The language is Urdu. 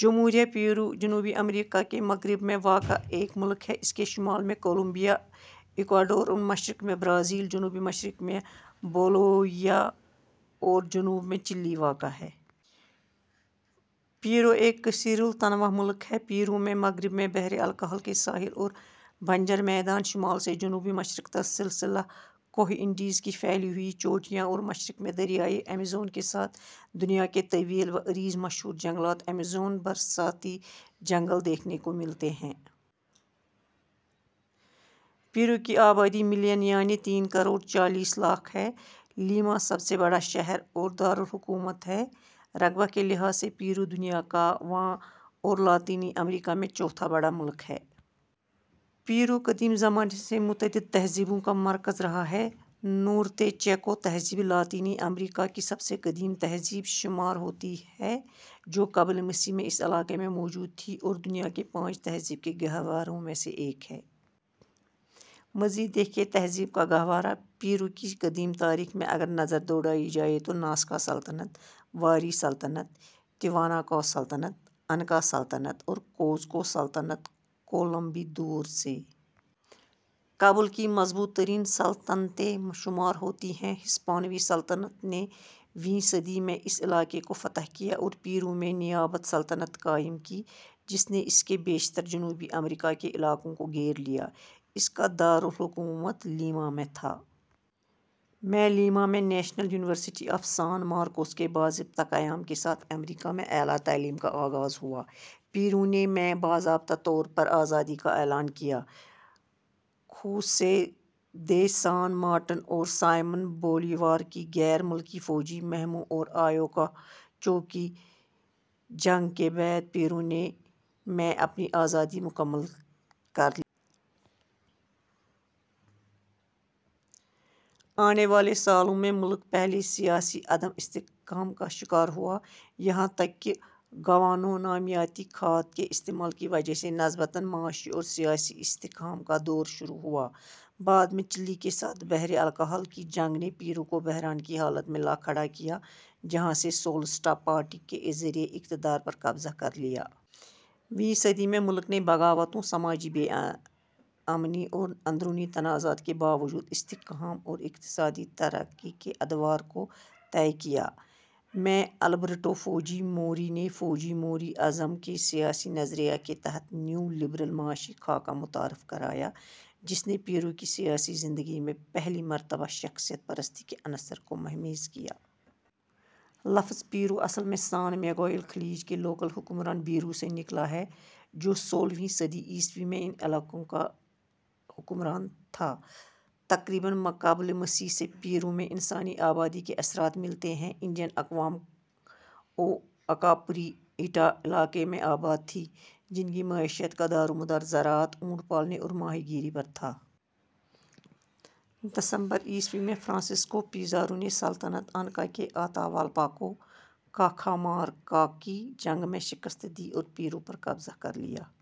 جمہوریہ پیرو جنوبی امریکا کے مغرب میں واقع ایک ملک ہے۔ اس کے شمال میں کولمبیا ، ایکواڈور اور مشرق میں برازیل ، جنوب مشرق میں بولیویا اور جنوب میں چلی واقع ہے۔ پیرو ایک کثیر التنوع ملک ہے پیرو میں مغرب میں بحر الکاہل کے ساحل اور بنجر میدان، شمال سے جنوب مشرق تک سلسلہ کوہ انڈیز کی پھیلی ہوئی چوٹیاں اور مشرق میں دریائے ایمیزون کے ساتھ دنیا کے طویل وعریض مشہور جنگلات ایمیزون برساتی جنگل دیکھنے کو ملتے ہیں۔ پیرو کی آبادی ملین یعنی تین کروڑ چالیس لاکھ ہے، لیما سب سے بڑا شہر اور دار الحکومت ہے رقبہ کے لحاظ سے پیرو دنیا کا واں اور لاطینی امریکہ میں چوتھا بڑا ملک ہے۔ پیرو قدیم زمانے سے متعدد تہذیبوں کا مرکز رہا ہے۔ نورتے چیکو تہذیب لاطینی امریکا کی سب سے قدیم تہذیب شمار ہوتی ہے جو قبل مسیح میں اس علاقے میں موجود تھی اور دنیا کے پانچ تہذیب کے گہواروں میں سے ایک ہے۔ مزید دیکھیے تہذیب کا گہوارہ ۔ پیرو کی قدیم تاریخ میں اگر نظر دوڑائی جائے تو ناسکا سلطنت ، واری سلطنت ، تیواناکو سلطنت ، انکا سلطنت اور کوزکو سلطنت کولومبی دور سے قبل کی مضبوط ترین سلطنتیں شمار ہوتی ہیں ہسپانوی سلطنت نے ویں صدی میں اس علاقے کو فتح کیا اور پیرو میں نیابت سلطنت قائم کی جس نے اس کے بیشتر جنوبی امریکا کے علاقوں کو گھیر لیا، اس کا دار الحکومت لیما میں تھا۔ میں لیما میں National University of San Marcos کے باضابطہ قیام کے ساتھ امریکا میں اعلیٰ تعلیم کا آغاز ہوا۔ پیرو نے میں باضابطہ طور پر آزادی کا اعلان کیا۔ خوسے دے سان مارٹن اور سائمن بولیوار کی غیر ملکی فوجی مہموں اور آیاکوچو کی جنگ کے بعد پیرو نے میں اپنی آزادی مکمل کر لی۔ آنے والے سالوں میں، ملک پہلے سیاسی عدم استحکام کا شکار ہوا یہاں تک کہ گوآنو نامیاتی کھاد کے استعمال کی وجہ سے نسبتاً معاشی اور سیاسی استحکام کا دور شروع ہوا۔ بعد میں، چلی کے ساتھ بحرالکاہل کی جنگ نے پیرو کو بحران کی حالت میں لا کھڑا کیا، جہاں سے سولسٹا پارٹی کے ذریعے اقتدار پر قبضہ کر لیا۔ ویں صدی میں، ملک نے بغاوتوں، سماجی بے امنی اور اندرونی تنازعات کے باوجود استحکام اور اقتصادی ترقی کے ادوار کو طے کیا۔ میں البرٹو فوجی موری نے فوجی موری ازم کے سیاسی نظریہ کے تحت نیو لبرل معاشی خاکہ متعارف کرایا جس نے پیرو کی سیاسی زندگی میں پہلی مرتبہ شخصیت پرستی کے عنصر کو مہمیز کیا۔ لفظ پیرو اصل میں سان میگوئل خلیج کے لوکل حکمران بیرو سے نکلا ہے جو سولہویں صدی عیسوی میں ان علاقوں کا حکمران تھا تقریباً قبل مسیح سے پیرو میں انسانی آبادی کے اثرات ملتے ہیں انڈین اقوام او اکا پری ایٹا علاقے میں آباد تھیں جن کی معیشت کا دارومدار زراعت، اونٹ پالنے اور ماہی گیری پر تھا۔ دسمبر عیسوی میں فرانسسکو پیزارو نے سلطنت انکا کے آتاوالپا کو کاخامارکا کی جنگ میں شکست دی اور پیرو پر قبضہ کر لیا۔